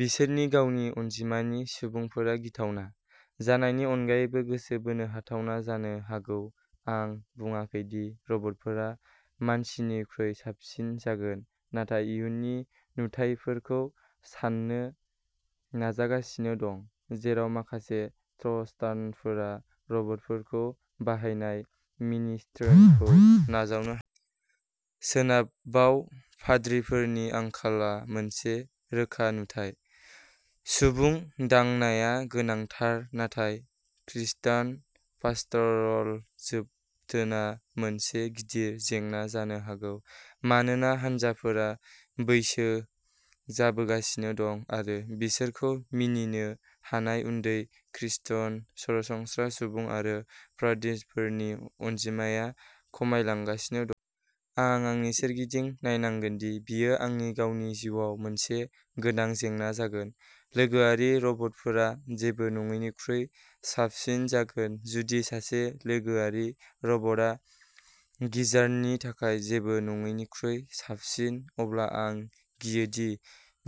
बिसोरनि गावनि अनजिमानि सुबुंफोरा गिथावना जानायनि अनगायै गोसो बोनो हाथावना जानो हागौ। आं बुङाखै दि रबटफोरा मानसिनिख्रुइ साबसिन जागोन, नाथाय इयुननि नुथायफोरखौ सान्नो नाजागासिनो दं जेराव माखासे खृस्टानफोरा रबटफोरखौ बाहायनाय मिनिस्ट्रिखौ नाजावनो हागौ। सोनाबाव पाद्रिफोरनि आंखालआ मोनसे रोखा नुथाय। सुबुं दांनाया गोनांथार, नाथाय खृस्टान पास्टरल जोथोनआ मोनसे गिदिर जेंना जानो हागौ मानोना हान्जाफोरा बैसो जाबोगासिनो दं आरो बिसोरखौ मिनिनो हानाय उन्दै खृस्टान सरासनस्रा सुबुं आरो पाद्रिफोरनि अनजिमाया खमायलांगासिनो दं। आं आंनि सोरगिदिं नायनांगोन दि बेयो आंनि गावनि जिउआव मोनसे गोनां जेंना जागोन। लोगोआरि रबटफोरा जेबो नङैनिख्रुइ साबसिन जागोन। जुदि सासे लोगोआरि रबटआ गिर्जानि थाखाय जेबो नङैनिख्रुइ साबसिन, अब्ला आं गियोदि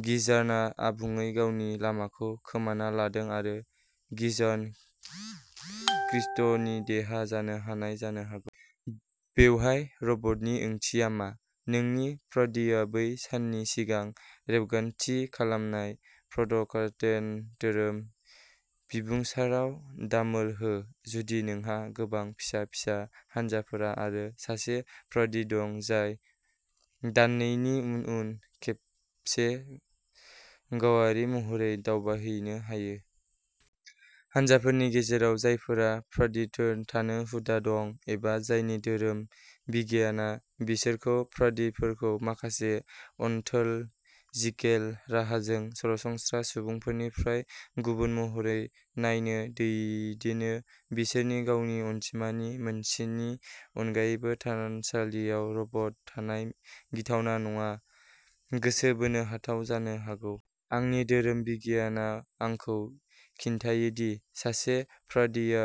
गिर्जाया आबुङै गावनि लामाखौ खोमाना लादों आरो गिर्जा खृष्टनि देहा जानो हाया जानो हागौ। बेवहाय रबटनि ओंथिया मा? नोंनि पाद्रिआ बै साननि सिगां रेबगान्थि खालामनाय पडकास्टेड धोरोम बिबुंसाराव दामोल हो, जुदि नोंहा गोबां फिसा फिसा हान्जाफोर आरो सासे पाद्रि दं जाय दाननैनि उन उन खेबसे गावारि महरै दावबायहैनो हायो। हान्जाफोरनि गेजेराव जायफोरा पाद्रिफोर थानो हुदा दं, एबा जायनि धोरोम बिगियानआ बिसोरखौ पाद्रिफोरखौ माखासे अनटोल'जिकेल राहाजों सरासनस्रा सुबुंफोरनिफ्राय गुबुन महरै नायनो दैदेनो, बिसोरनि गावनि अनजिमानि मोनसेनि अनगायै थानसालियाव रबट थानाया गिथावना नङा, गोसो बोनो हाथावना जानो हागौ। आंनि धोरोम बिगियानआ आंखौ खिन्थायो दि सासे पाद्रिआ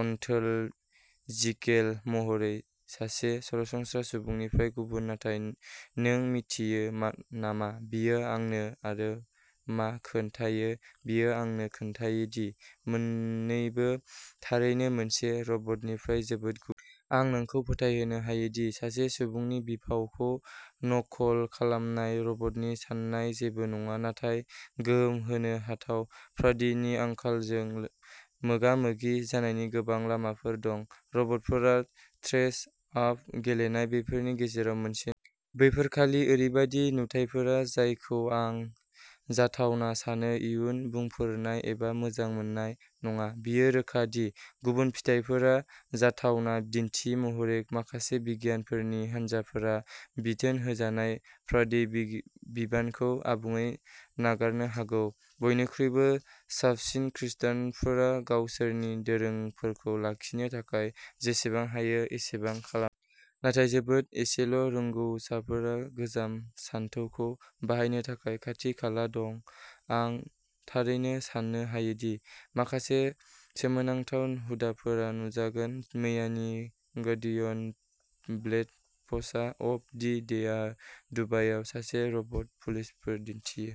अनटोल'जिकेल महरै सासे सरासनस्रा सुबुंनिफ्राय गुबुन, नाथाय नों मिन्थियो नामा बेयो आंनो आरो मा खोन्थायो? बेयो आंनो खोन्थायो दि मोननैबो थारैनो मोनसे रबटनिफ्राय जोबोद गुबुन! आं नोंखौ फोथायहोनो हायो दि सासे सुबुंनि बिफावखौ नकल खालामनाय रबटनि साननाया जेबो नङा, नाथाय गोसो बोनो हाथाव। पाद्रिनि आंखालजों मोगा मोगि जानायनि गोबां लामाफोर दं। रबटफोरा ड्रेस आप गेलेनाया बेफोरनि गेजेराव मोनसे नङा। बेफोर खालि ओरैबायदि नुथायफोर जायखौ आं जाथावना सानो, इयुन बुंफोरनाय एबा मोजां मोननाय नङा। बेयो रोखा दि गुबुन फिथायफोरा जाथावना। बिदिन्थि महरै, माखासे सिबियारिफोरनि हानजाफोरा बिथोन होजानाय पाद्रि बिबानखौ आबुङै नागारनो हागौ। बयनिख्रुइबो साबसिन खृष्टानफोरा गावसोरनि दोरोंफोरखौ लाखिनो थाखाय जेसेबां हायो एसेबां खालामगोन। नाथाय जोबोद एसेल' रोंग'सारफोरा गोजाम सानथौखौ बाहायनो थाखाय खाथि खाला दं, आं थारैनो साननो हायो दि माखासे सोमोनांथाव हुदाफोरा नुजागोन। मैयानि Guardian best photos of the day दुबायाव सासे रबट पुलिसखौ दिन्थियो।